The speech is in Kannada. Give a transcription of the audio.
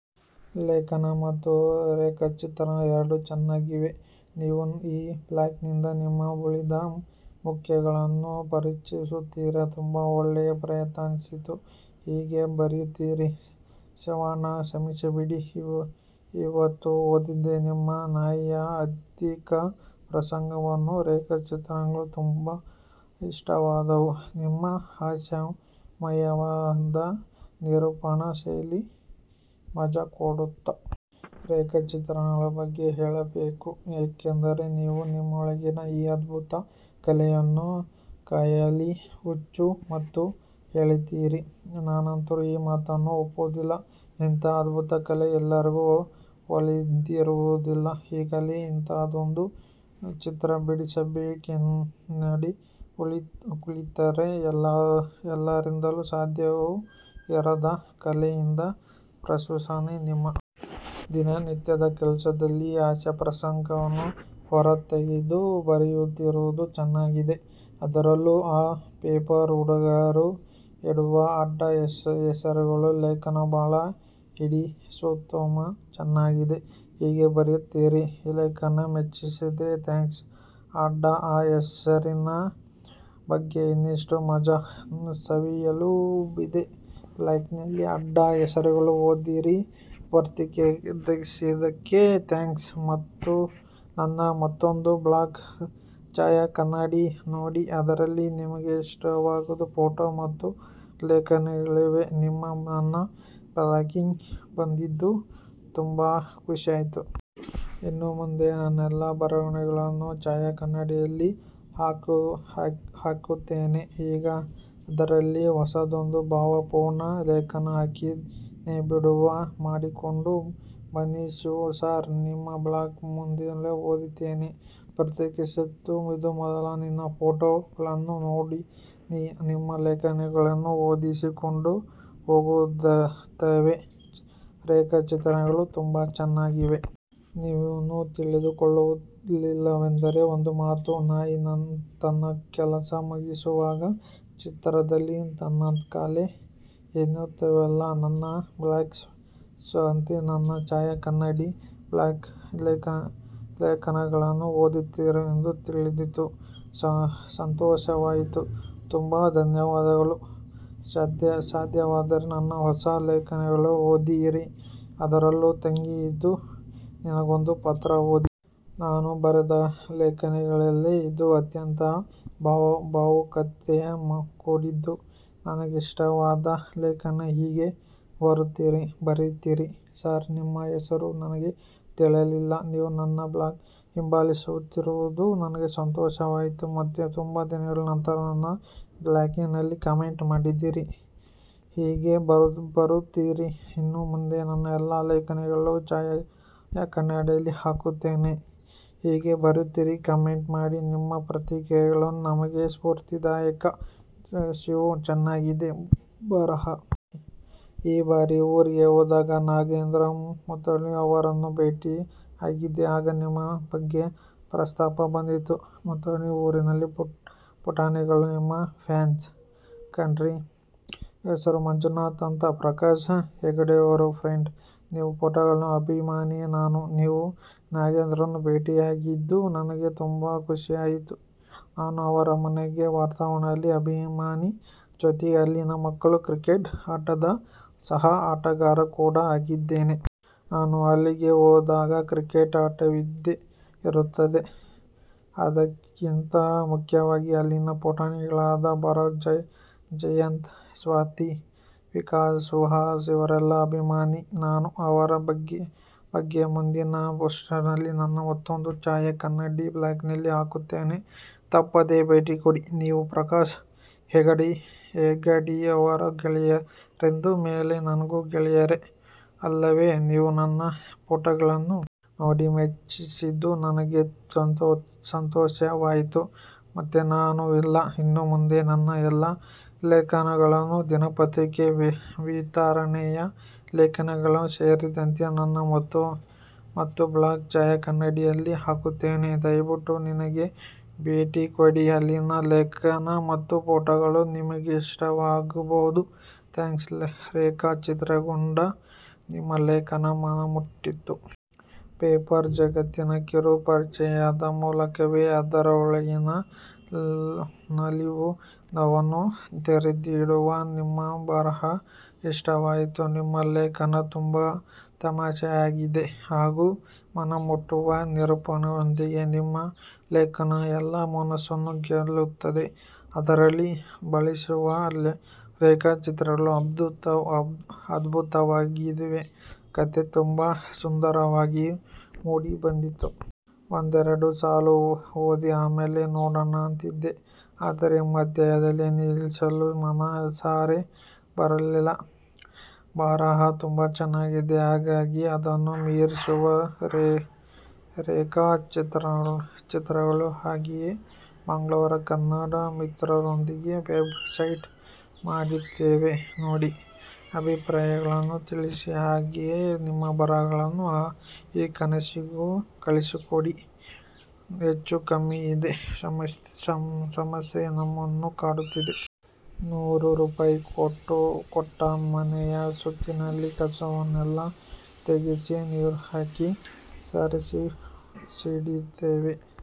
ಲೇಖನ ಮತ್ತು ರೇಖಾಚಿತ್ರ ಎರಡು ಚೆನ್ನಾಗಿವೆ. ನಿಮ್ಮ ಈ ಬ್ಲಾಗ್ ನಿಂದ ನಿಮ್ಮ ಉಳಿದ ಮುಖಗಳನ್ನು ಪರಿಚಯಿಸುತ್ತಿದ್ದೀರಿ. ತುಂಬಾ ಒಳ್ಳೆಯ ಪ್ರಯತ್ನ ಅನ್ನಿಸಿತು. ಹೀಗೆ ಬರೆಯುತ್ತಿರಿ. ಶಿವಣ್ಣ.. ಕ್ಷಮಿಸಿಬಿಡು.. ಇವತ್ತು ಓದಿದೆ ನಿಮ್ 'ನಾಯಿಯ ಅಧಿಕ ಪ್ರಸಂಗ'ವನ್ನು. ರೇಖಾಚಿತ್ರಗಳು ತುಂಬಾ ಇಷ್ಟವಾದುವು.. ನಿಮ್ಮ ಹಾಸ್ಯಮಯವಾದ ನಿರೂಪಣಾ ಶೈಲಿ ಮಜಾ ಕೊಡ್ತು. ರೇಖಾಚಿತ್ರಗಳ ಬಗ್ಗೆ ಹೇಳಲೇಬೇಕು. ಏನೆಂದರೆ ನೀವು ನಿಮ್ಮೊಳಗಿನ ಈ ಅಧ್ಬುತ ಕಲೆಯನ್ನು ಖಯಾಲಿ, ಹುಚ್ಚು ಅಂತ ಹೇಳಿದ್ದೀರಿ. ನಾನಂತೂ ಈ ಮಾತನ್ನು ಒಪ್ಪುವುದಿಲ್ಲ. ಇಂಥಹ ಅದ್ಭುತ ಕಲೆ ಎಲ್ಲರಿಗೂ ಒಲಿದಿರುವುದಿಲ್ಲ, ಈಗಲೇ ಇಂಥಹದೊಂದು ಚಿತ್ರ ಬಿಡಿಸಿಬಿಡುತ್ತೇನಂತ ಕುಳಿತರೆ ಎಲ್ಲರಿಂದಲೂ ಸಾಧ್ಯವೂ ಇರದ ಕಲೆಯಿದು. ಪ್ರಶಂಸನೀಯ. ನಿಮ್ಮ ದಿನನಿತ್ಯದ ಕೆಲಸದಲ್ಲೂ ಹಾಸ್ಯಪ್ರಸಂಗಗಳನ್ನು ಹೊರತೆಗೆದು ಬರೆಯುತ್ತಿರುವುದು ಚೆನ್ನಾಗಿದೆ, ಅದ್ರಲ್ಲೂ ಆ ಪೇಪರು ಹುಡುಗರು ಇಡುವ ಅಡ್ಡ ಹೆಸರುಗಳ ಲೇಖನ ಬಹಳ ಹಿಡಿಸಿತುತುಮ್ಬಾ ಚೆನ್ನಾಗಿದೆ ಹೀಗೆ ಬರೆಯುತ್ತಿರಿ ಲೇಖನ ಮೆಚ್ಚಿದ್ದಕ್ಕೆ ಥ್ಯಾಂಕ್ಸ್ ಆಡ್ಡ ಅ ಹೆಸರಿನ ಬಗ್ಗೆ ಇನ್ನಷ್ಟು ಮಜ ಸವಿಯಲು ಇದೇ ಬ್ಲಾಗಿನಲ್ಲಿ ಆಡ್ಡ ಹೆಸರುಗಳು ಓದಿರಿ ಪ್ರತಿಕ್ರಿಯಿಸಿದ್ದಕ್ಕೆ ಥ್ಯಾಂಕ್ಸ್ ನನ್ನ ಮತ್ತೊಂದು ಬ್ಲಾಗ್ ಛಾಯಾಕನ್ನಡಿ ನೋಡಿ ಅದರಲ್ಲಿ ನಿಮಗಿಷ್ಟವಾಗುವ ಫೋಟೋ ಮತ್ತು ಲೇಖನಗಳಿವೆ ನೀವು ನನ್ನ ಬ್ಲಾಗಿಗೆ ಬಂದಿದ್ದೂ ತುಂಬಾ ಖುಷಿಯಾಯ್ತು. ಇನ್ನು ಮುಂದೆ ನನ್ನೆಲ್ಲಾ ಬರವಣಿಗೆಯನ್ನು ಛಾಯಾಕನ್ನಡಿಯಲ್ಲಿ ಹಾಕುತ್ತೇನೆ. ಈಗ ಅದರಲ್ಲಿ ಹೊಸದೊಂದು ಭಾವುಕ ಪೂರ್ಣ ಲೇಖನ ಹಾಕಿದ್ದೇನೆಬಿಡುವು ಮಾಡಿಕೊಂಡು ಬನ್ನಿಶಿವು ಸರ್! ನಿಮ್ಮ ಬ್ಲಾಗ್ ಮೊದ್ಲಿಂದನೂ ಓದ್ತಿದೀನಿ. ಪ್ರತಿಕ್ರಿಯಿಸಿದ್ದು ಇದೇ ಮೊದಲು. ನಿಮ್ಮ ಫೋಟೋ ಗಳನ್ನೂ ನೋಡಿದ್ದೀನಿ ನಿಮ್ಮ ಲೇಖನಗಳು ಓದಿಸಿಕೊಂಡು ಹೋಗುತ್ತವೆ. ರೇಖಾಚಿತ್ರಗಳು ತುಂಬಾ ಚೆನ್ನಾಗಿವೆ. ನೀವೇನೂ ತಿಳಿದುಕೊಳ್ಳುವುದಿಲ್ಲವೆಂದರೆ ಒಂದು ಮಾತು. ನಾಯಿ ತನ್ನ ಕೆಲಸ ಮುಗಿಸುವಾಗ ಚಿತ್ರದಲ್ಲಿ ತನ್ನ ಕಾಲೇ ಎತ್ತಿಲ್ಲವಲ್ಲ?:- ನನ್ನ ಬ್ಲಾಗಿಗೆ ಸ್ವಾಗತ. ನನ್ನ ಛಾಯಾಕನ್ನಡಿ ಬ್ಲಾಗಿನ ಲೇಖನಗಳನ್ನು ಓದಿದ್ದೀರೆಂದು ತಿಳಿದು ಸಂತೋಷವಾಯಿತು, ತುಂಬಾ ಧನ್ಯವಾದಗಳು ಸಾದ್ಯವಾದರೆ ನನ್ನ ಹೊಸ ಲೇಖನಗಳನ್ನು ಓದಿರಿ. ಅದರಲ್ಲೂ "ತಂಗಿ ಇದೊ ನಿನಗೊಂದು ಪತ್ರ" ಓದಿ. ನಾನು ಬರೆದ ಲೇಖನಗಳಲ್ಲೇ ಇದು ಅತ್ಯಂತ ಭಾವುಕತೆ ಕೂಡಿದ್ದು ನನಗಿಷ್ಟವಾದ ಲೇಖನ ಹೀಗೆ ಬರುತ್ತಿರಿ ಸಾರ್, ನಿಮ್ಮ ಹೆಸರು ನನಗೆ ತಿಳಿಯಲಿಲ್ಲ. ನೀವು ನನ್ನ ಬ್ಲಾಗ್ ಹಿಂಬಾಲಿಸುತ್ತಿರುವುದು ನನಗೆ ಸಂತೋಷವಾಯಿತು ಮತ್ತೆ ತುಂಬಾ ದಿನಗಳ ನಂತರ ನನ್ನ ಬ್ಲಾಗಿನಲ್ಲಿ ಕಾಮೆಂಟ್ ಮಾಡಿದ್ದೀರಿ ಹೀಗೆ ಬರುತ್ತಿರಿ ಇನ್ನು ಮುಂದೆ ನನ್ನ ಎಲ್ಲಾ ಲೇಖನಗಳನ್ನು ಛಾಯಾಕನ್ನಡಿಯಲ್ಲೇ ಹಾಕುತ್ತೇನೆ ಹೀಗೆ ಬರುತ್ತಿರಿ ಕಾಮೆಂಟ್ ಮಾಡಿ ನಿಮ್ಮ ಪ್ರತಿಕ್ರಿಯೆಗಳು ನಮಗೆ ಸ್ಪೂರ್ತಿದಾಯಕ ಶಿವು, ಚೆನಾಗಿದೆ ಬರಹ. ಈ ಬಾರಿ ಊರಿಗೆ ಹೋದಾಗ ನಾಗೇಂದ್ರ ಮುತ್ಮುರ್ಡು ಅವರನ್ನು ಭೇಟಿ ಆಗಿದ್ದೆ. ಆಗ ನಿಮ್ಮ ಬಗ್ಗೆ ಪ್ರಸ್ತಾಪ ಬಂದಿತ್ತು. ಮುತ್ಮುರ್ಡು ಊರಿನ ಪುಟಾಣಿಗಳು ನಿಮ್ಮ ಫ್ಯಾನ್ಸ್ ಕಣ್ರೀ! ಹೆಸರು ಮಂಜುನಾಥ ಅಂತ.. ಪ್ರಕಾಶ ಹೆಗಡೆಯವರ ಫ್ರೆಂಡು. ನಿಮ್ಮ ಫೊಟೊಗಳ ಅಭಿಮಾನಿ ನಾನು. ನೀವು ನಾಗೇಂದ್ರನನ್ನು ಬೇಟಿಯಾಗಿದ್ದು ನನಗೆ ತುಂಬಾ ಖುಷಿಯಾಯಿತು, ನಾನು ಅವರ ಮನೆಯ ವಾತಾವರಣದ ಅಭಿಮಾನಿ ಜೊತೆಗೆ ಅಲ್ಲಿನ ಮಕ್ಕಳ ಕ್ರಿಕೆಟ್ ಆಟದ ಸಹ ಆಟಗಾರಕೂಡ ಆಗಿದ್ದೇನೆ. ನಾನು ಅಲ್ಲಿಗೆ ಹೋದಾಗ ಕ್ರಿಕೆಟ್ ಆಟವಿದ್ದೇ ಇರುತ್ತದೆ ಅದೆಲ್ಲಕ್ಕಿಂತ ಮುಖ್ಯವಾಗಿ ಅಲ್ಲಿನ ಪುಟಾಣಿಗಳಾದ ಭರತ್, ಜಯಂತ್, ಸ್ವಾತಿ, ವಿಕಾಶ್, ಸುಹಾಸ್ ಇವರೆಲ್ಲರ ಅಭಿಮಾನಿ ನಾನು ಅವರ ಬಗ್ಗೆ ಮುಂದಿನ ಫೋಷ್ಟಿಂಗಿನಲ್ಲಿ ನನ್ನ ಮತ್ತೊಂದು ಛಾಯಾ ಕನ್ನಡಿ ಬ್ಲಾಗಿನಲ್ಲಿ ಹಾಕುತ್ತೇನೆ. ತಪ್ಪದೆ ಬೇಟಿಕೊಡಿ. ನೀವು ಪ್ರಕಾಶ ಹೆಗಡೆಯವರ ಗೆಳೆಯರೆಂದ ಮೇಲೆ ನನಗೂ ಗೆಳೆಯರೆ ಅಲ್ಲವೇ ನೀವು ನನ್ನ ಫೋಟೋಗಳನ್ನು. ನೋಡಿ ಮೆಚ್ಚಿದ್ದು ನನಗೆ ಸಂತೋಷವಾಯಿತು ಮತ್ತೆ ನಾನು ಇಲ್ಲ ಇನ್ನು ಮುಂದೆ ನನ್ನ ಎಲ್ಲಾ ಲೇಖನಗಳನ್ನು ದಿನಪತ್ರಿಕೆ ವಿತರಣೆಯ ಲೇಖನಗಳು ಸೇರಿದಂತೆ ನನ್ನ ಮತ್ತೊಂದು ಬ್ಲಾಗ್ "ಛಾಯಾಕನ್ನಡಿ" ಯಲ್ಲಿ ಹಾಕುತ್ತೇನೆ. ದಯವಿಟ್ಟು ಅಲ್ಲಿಗೆ ಭೇಟಿಕೊಡಿ ಅಲ್ಲಿನ ಲೇಖನ ಮತ್ತು ಫೋಟೊಗಳು ನಿಮಗಿಷ್ಟವಾಗಬಹುದು ಥ್ಯಾಂಕ್ಸ್ ರೇಖಾ ಚಿತ್ರಗಳನ್ನೊಳಗೊಂಡ ನಿಮ್ಮ ಲೇಖನ ಮನ ಮುಟ್ಟಿತು. ಪೇಪರ್ ಜಗತ್ತಿನ ಕಿರು ಪರಿಚಯದ ಮೂಲಕವೇ ಅದರೊಳಗಿನ ನಲಿವು, ನೋವನ್ನು ತೆರೆದಿಡುವ ನಿಮ್ಮ ಬರಹ ಇಷ್ಟವಾಯಿತು. ನಿಮ್ಮ ಲೇಖನ ತುಂಬಾ ತಮಾಷೆಯಾಗಿದೆ ಹಾಗೂ ಮನಮುಟ್ಟುವ ನಿರೂಪಣೆಯೊಂದಿಗೆ ನಿಮ್ಮ ಲೇಖನ ಎಲ್ಲರ ಮನಸ್ಸನ್ನು ಗೆಲ್ಲುತ್ತದೆ. ಅದರಲ್ಲಿ ಬಳಸಿರುವ ರೇಖಾಚಿತ್ರಗಳು ಅದ್ಭುತವಾಗಿವೆ.. ಕಥೆ ತುಂಬ ಸುಂದರವಾಗಿ ಮೂಡಿ ಬಂದಿದೆ. ಒಂದೆರಡು ಸಾಲು ಓದಿ ಆಮೇಲೆ ನೋಡೊಣ ಅಂತಿದ್ದೆ, ಆದರೆ ಮಧ್ಯದಲ್ಲಿ ನಿಲ್ಲಿಸಲು ಮನಸೇ ಬರಲಿಲ್ಲ. ಬರಹ ತುಂಬಾ ಚೆನ್ನಾಗಿದೆ. ಹಾಗೆಯೇ ಅದನ್ನು ಮೀರಿಸುವ ರೇಖಾ ಚಿತ್ರಗಳು. ಹಾಗೆಯೇ ಮಂಗಳೂರು ಕನ್ನಡ ಮಿತ್ರರದ್ದೊಂದು ವೆಬ್ ಸೈಟ್ ಮಾಡಿದ್ದೇವೆ. ನೋಡಿ ಅಭಿಪ್ರಾಯಗಳನ್ನು ತಿಳಿಸಿ. ಹಾಗೆಯೇ ನಿಮ್ಮ ಬರಹಗಳನ್ನು ಈ ಕನಸಿಗೂ ಕಳುಹಿಸಿಕೊಡಿ ಹೆಚ್ಚೂ ಕಮ್ಮಿ ಇದೇ ಸಮಸ್ಯೆ ನಮ್ಮನ್ನೂ ಕಾಡುತ್ತಿದೆ. ನೂರಾರು ರೂಪಾಯಿ ಕೊಟ್ಟು ಮನೆಯ ಸುತ್ತಲಿನ ಕಸವನ್ನೆಲ್ಲಾ ತೆಗೆಸಿ, ನೀರು ಹಾಕಿ ಸಾರಿಸಿಡುತ್ತೇವೆ.